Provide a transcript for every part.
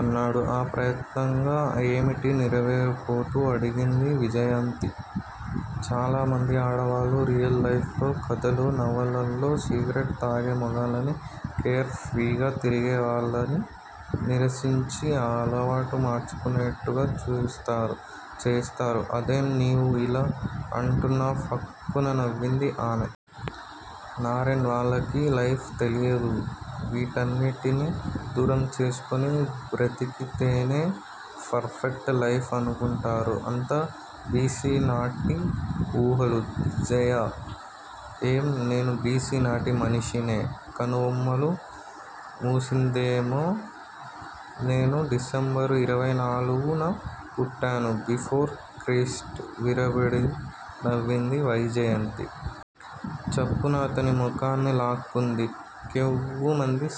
అన్నాడు ఆ ప్రయత్నంగా. ఏమిటి? నివేరపోతూ అడిగింది విజయంతి. చాలా మంది ఆడవాళ్ళు రియల్ లైఫ్ లో, కధలో, నవలల్లో సిగరెట్ తాగే మొగాళ్ళని, కేర్ ఫ్రీగా తిరిగే వాళ్లని నిరసించి ఆ అలవాటు మార్చుకునేట్టుగా చూస్తారు. చేస్తారు అదేం. నీవు యిలా అంటున్నావ్ ఫక్కున నవ్వింది ఆమె. నరేన్! వాళ్లకి లైఫ్ తెలియదు. వీటన్నిటిని దూరం చేసుకొని బ్రతికితేనే పర్ ఫెక్ట్ లైఫ్ అనుకుంటారు. అంతా బి. సి. నాటి ఉహాలు! జయా! ఏం? నేనూ బి. సి నాటి మనిషినే?! కనుబొమ్మలు ముసిందెమో. నేను డిసెంబరు ఇరవై నాలుగు న పుట్టాను. బిఫోర్ క్రిస్ట్ విరబడి నవ్వింది వైజయంతి. చప్పున అతని ముఖాన్ని లాక్కుంది. కేవ్వుమంది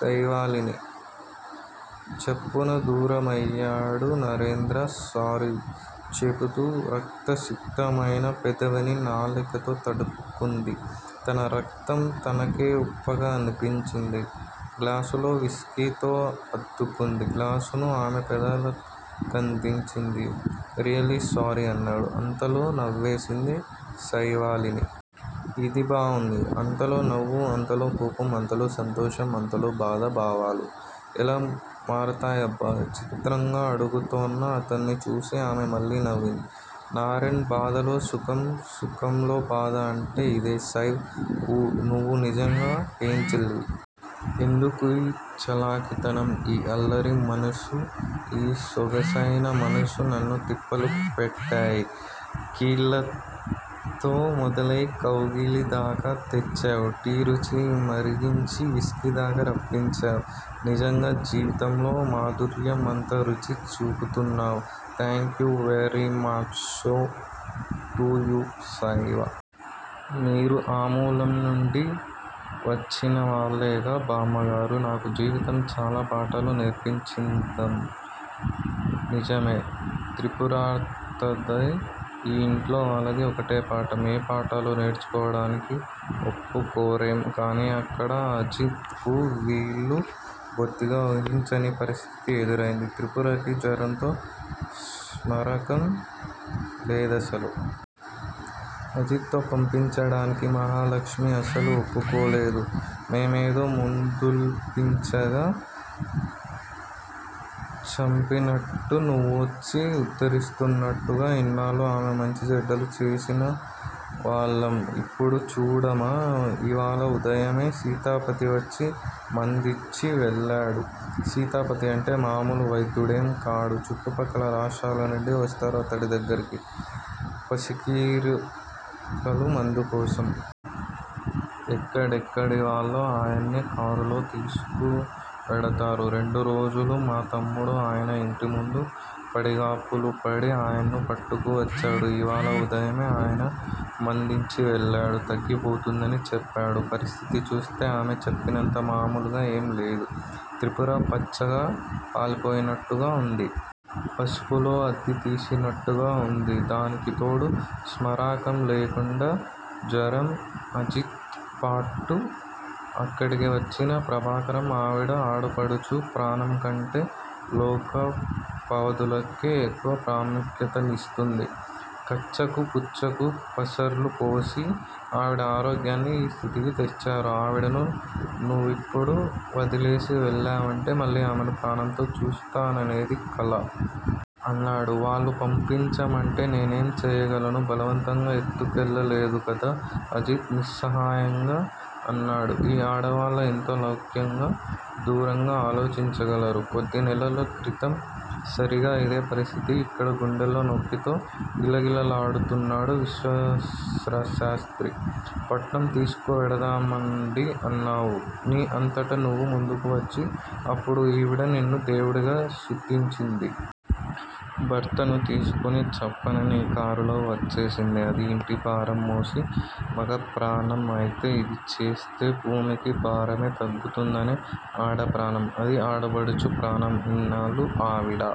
శైవాలిని. చప్పున దూరమయ్యాడు నరేంద్ర సారీ! చెపుతూ రక్తసిక్తమైన పెదవిని నాలికతో తడుపుకుంది. తన రక్తం తనకే ఉప్పగా అనిపించింది. గ్లాసులో విస్కీతో అద్దుకుంది. గ్లాసుని ఆమె పేదల కందించి! రియల్లి సారీ అన్నాడు. అంతలో నవేసింది శైవాలిని. యిది బావుంది. అంతలో నవ్వు, అంతలో కోపం! అంతలో సంతోషం అంతలో బాధ భావాలు ఎలా మరతాయబ్బా? చిత్రంగా అడుగుతోన్న అతన్ని చూసి ఆమె మళ్ళీ నవ్వింది. నరేన్! బాధలో సుఖం, సుఖంలో బాధ అంటే యిదే! శైవ్! ఊ నువు నిజంగా ఏంజిల్? ఎందుకు? ఈ చలాకితనం, ఈ అల్లరి మనసు, ఈ సొగసైన మనసు నన్ను తిప్పలు పెట్టాయి. కిళ్ళతో మొదలై కౌగిలి దాకా తెచ్చావు. టీ రుచి మరిగించి విస్కీ దాకా రప్పించావు, నిజంగా జీవితంలో మాధుర్యం అంతా రుచి చూపుతున్నావు. Thank you very much! So! To you- శైవా! మీరూ ఆ మూలం నుండి వచ్చిన వాళ్ళేగా, బామ్మగారూ? నాకు జీవితం చాలా పాఠాలు నేర్పించిదమ్! నిజమే! త్రిపురత్తది, ఇ ఇంట్లో వాళ్ళది ఒకటే పాఠం. ఏ పాఠాలు నేర్చుకోవడానికి ఒప్పకోరేం. కానీ, అక్కడ అజిత్ కు వీళ్ళు బొత్తిగా ఊహించని పరిస్ధితి ఎదుర్తెంది. త్రిపురకి జ్వరంతో స్మారకం లేదసలు! అజిత్ తో పంపించడానికి మహాలక్ష్మి అస్సలు ఒప్పకోలేదు. మేమేదో మందులిప్పించక చంపినట్టు! నువ్వొచ్చి ఉద్దరిస్తున్నట్టుగా! ఇన్నాళ్ళు ఆమె మంచి చెడ్డలు చేసినవాళ్ళం ఇప్పుడు చూడమా? ఇవాళ ఉదయమే సీతాపతి వచ్చి మందిచ్చి వెళ్ళాడు. సీతాపతి అంటే మామూలు వ్తేద్యుడేం కాదు! చుట్టపక్కల రాష్ట్రలనుండి వస్తారు అతడి దగ్గరికి, పసిరికలు మందుకోసం! ఎక్కడెక్కడి వాళ్ళో ఆయన్ని కారులో తిసుకువెడతారు. రెండు రోజులు మా తమ్ముడు ఆయన ఇంటిముందు పడిగాపులుపడి ఆయన్ని పట్టుకు వచ్చాడు. ఇవాళ ఉదయమే ఆయన మందిచ్చి వెళ్ళాడు. తగ్గిపోతుందని చెప్పాడు. పరిస్ధితి చూస్తే ఆమె చెప్పినంత మామూలుగా ఏం లేదు. త్రిపుర పచ్చగా పాలిపోయినట్టుగా ఉంది. పసుపులో అద్ది తిసినట్టుగా ఉంది! దానికితోడు స్మారకం లేకుండా జ్వరం! అజిత్ పాటు అక్కడికి వచ్చిన ప్రభాకరం, ఆవిడ ఆడపడుచు ప్రాణంకంటే లోకపవాదులకే ఎక్కువ ప్రాముఖ్యతనిస్తూంది. కచ్చాకు పుచ్చాకు పసర్లు పోసి ఆవిడ ఆరోగ్యాన్ని ఈ స్ధితికి తెచ్చారు. ఆవిడను నువ్విప్పుడు వదిలేసి వెళ్ళావంటే మళ్ళి ఆమెను ప్రాణంతో చూస్తాననేది కల! అన్నాడు. వాళ్ళు పంపించమంటే నేనేం చేయగలను? బలవంతగా ఎత్తుకెళ్ళలేదు కదా? అజిత్ నిస్సహాయింగా అన్నాడు. ఈ ఆడవాళ్ళు ఎంత లౌక్యంగా, దూరంగా ఆలోచించగలరు! కొద్ది నెలల క్రితం సరిగా ఇదే పరిస్ధితి ఇక్కడ. గుండెలో నొప్పితో గిలగిల్లాడుతున్నాడు విశ్వేశ్వరశాస్త్రి! పట్నం తీసుకువెడదామండి అన్నావు ని అంతట నువ్వు ముందుకు వచ్చి, అప్పుడు ఈవిడ నిన్ను దేవుడిగా స్తుతించింది. భర్తను తీసుకొని చప్పన ని కారులో వచ్చేసింది. అది ఇంటిభారం మోసే మగప్రాణం అయితే, ఇదిచేస్తే భూమికి భారమే తగ్గుతుందనే ఆడప్రాణం! అది ఆడపడుచు ప్రాణం! ఇన్నాళ్ళు ఆవిడ